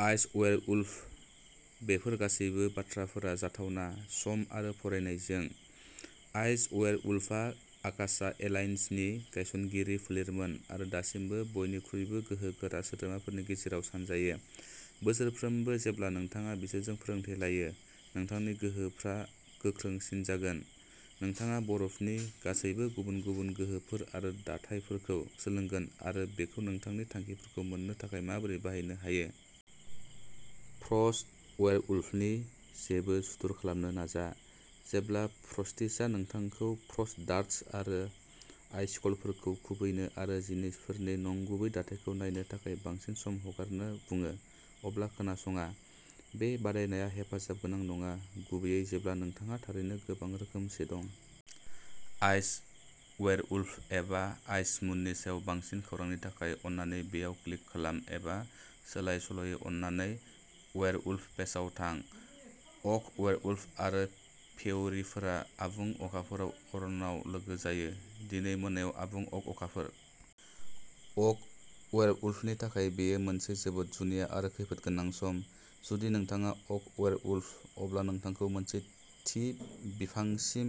Ice werewolf, बेफोर गासैबो बाथ्राफोरा जाथावना, सम आरो फरायनायजों। आइस वेयरवुल्फआ आकाशा एलायन्सनि गायसनगिरि फोलेरमोन आरो दासिमबो बयनिख्रुइबो गोहोगोरा सोद्रोमाफोरनि गेजेराव सानजायो। बोसोरफ्रोमबो जेब्ला नोंथाङा बिसोरजों फोरोंथाय लायो, नोंथांनि गोहोफोरा गोख्रोंसिन जागोन। नोंथाङा बरफनि गासैबो गुबुन-गुबुन गोहोफोर आरो दाथायफोरखौ सोलोंगोन आरो बेखौ नोंथांनि थांखिफोरखौ मोन्नो थाखाय माबोरै बाहायनो हायो। फ्रस्ट वेयरवुल्फनि जेबो सुथुर खालामनो नाजा। जेब्ला फ्रस्टिसआ नोंथांखौ फ्रस्ट डार्ट्स आरो आइसिकलफोरखौ खुबैनो आरो जिनिसफोरनि नंगुबै दाथायखौ नायनो थाखाय बांसिन सम हगारनो बुङो अब्ला खोनासङा। बे बादायनाया हेफाजाब गोनां नङा, गुबैयै जेब्ला नोंथांहा थारैनो गोबां रोखोमसे दं। आइस वेयरवुल्फ एबा आइस मुननि सायाव बांसिन खौरांनि थाखाय अन्नानै बेयाव क्लिक खालाम एबा सोलाय-सोल'यै अन्नानै वेयरवुल्फ पेजआव थां। ओक वेयरवुल्फ आरो फेयरीफोरा आबुं अखाफोरआव अरनाव लोगो जायो। दिनै मोनायाव आबुं अक अखाफोर। अक वेयरवुल्फनि थाखाय बेयो मोनसे जोबोद जुनिया आरो खैफोदगोनां सम। जुदि नोंथाङा अक वेयरवुल्फ, अब्ला नोंथांखौ मोनसे थि बिफांसिम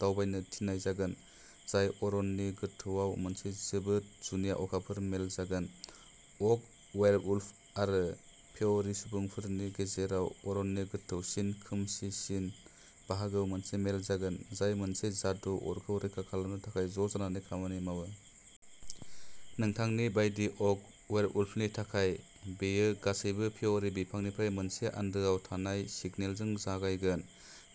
दावबायनो थिननाय जागोन, जाय अरननि गोथौआव मोनसे जोबोद जुनिया अखाफोर मेल जागोन। अक वेयरवुल्फ आरो फेयरी सुबुंफोरनि गेजेराव अरननि गोथौसिन, खोमसिसिन बाहागोआव मोनसे मेल जागोन, जाय मोनसे जादु अरखौ रैखा खालामनो थाखाय ज'जानानै खामानि मावो। नोंथांनि बायदि अक वेयरवुल्फनि थाखाय, बेयो गासैबो फेयरी बिफांनिफ्राय मोनसे आन्दोआव थानाय सिगनेलजों जागायगोन।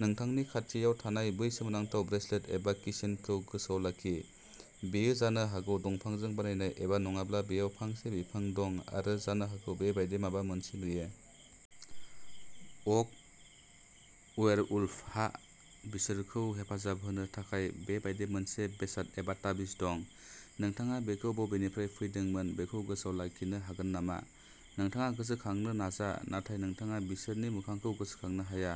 नोंथांनि खाथियाव थानाय बै सोमोनांथाव ब्रेसलेट एबा कीचेनखौ गोसोआव लाखि? बेयो जानो हागौ दंफांजों बानायनाय एबा नङाब्ला बेयाव फांसे बिफां दं आरो जानो हागौ बेबादि माबा मोनसे नुयो? अक वेयरवुल्फहा बिसोरखौ हेफाजाब होनो थाखाय बेबादि मोनसे बेसाद एबा तावीज दं। नोंथाङा बेखौ बबेनिफ्राय फैदोंमोन बेखौ गोसोआव लाखिनो हागोन नामा? नोंथाङा गोसोखांनो नाजा नाथाय नोंथाङा बिसोरनि मोखांखौ गोसोखांनो हाया।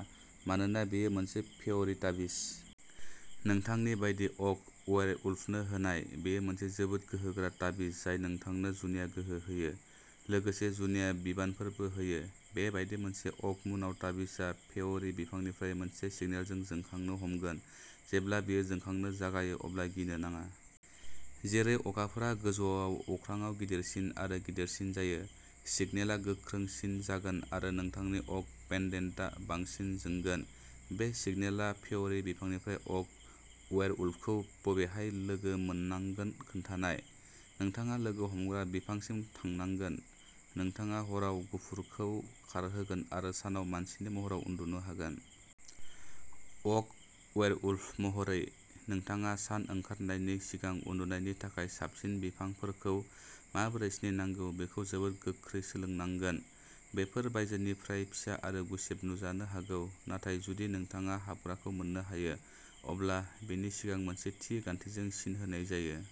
मानोना बेयो मोनसे फेयरी तावीज। नोंथांनि बायदि अक वेयरवुल्फनो होनाय, बेयो मोनसे जोबोद गोहोगोरा तावीज जाय नोंथांनो जुनिया गोहो होयो, लोगोसे जुनिया बिबानफोरबो होयो। बे बायदि मोनसे अक मुनआव तावीजआ फेयरी बिफांनिफ्राय मोनसे सिगनेलजों जोंखांनो हमगोन। जेब्ला बेयो जोंखांनो जागायो अब्ला गिनो नाङा। जेरै अखाफोरा गोजौआव अख्रांआव गिदिरसिन आरो गिदिरसिन जायो, सिगनेलआ गोख्रोंसिन जागोन आरो नोंथांनि अक पेन्डेन्टआ बांसिन जोंगोन। बे सिगनेलआ फेयरी बिफांनिफ्राय अक वेयरवुल्फखौ बबेहाय लोगो मोननांगोन खोन्थानाय। नोंथाङा लोगो हमग्रा बिफांसिम थांनांगोन। नोंथाङा हराव गफुरखौ खारहोगोन आरो सानाव मानसिनि महराव उन्दुनो हागोन। अक वेयरवुल्फ महरै, नोंथाङा सान ओंखारनायनि सिगां उन्दुनायनि थाखाय साबसिन बिफांफोरखौ माबोरै सिनायनांगौ बेखौ जोबोद गोख्रै सोलोंनांगोन। बेफोर बायजोनिफ्राय फिसा आरो गुसेब नुजानो हागौ नाथाय जुदि नोंथाङा हाबग्राखौ मोन्नो हायो, अब्ला बेनि सिगां मोनसे थि गान्थिजों सिन होनाय जायो।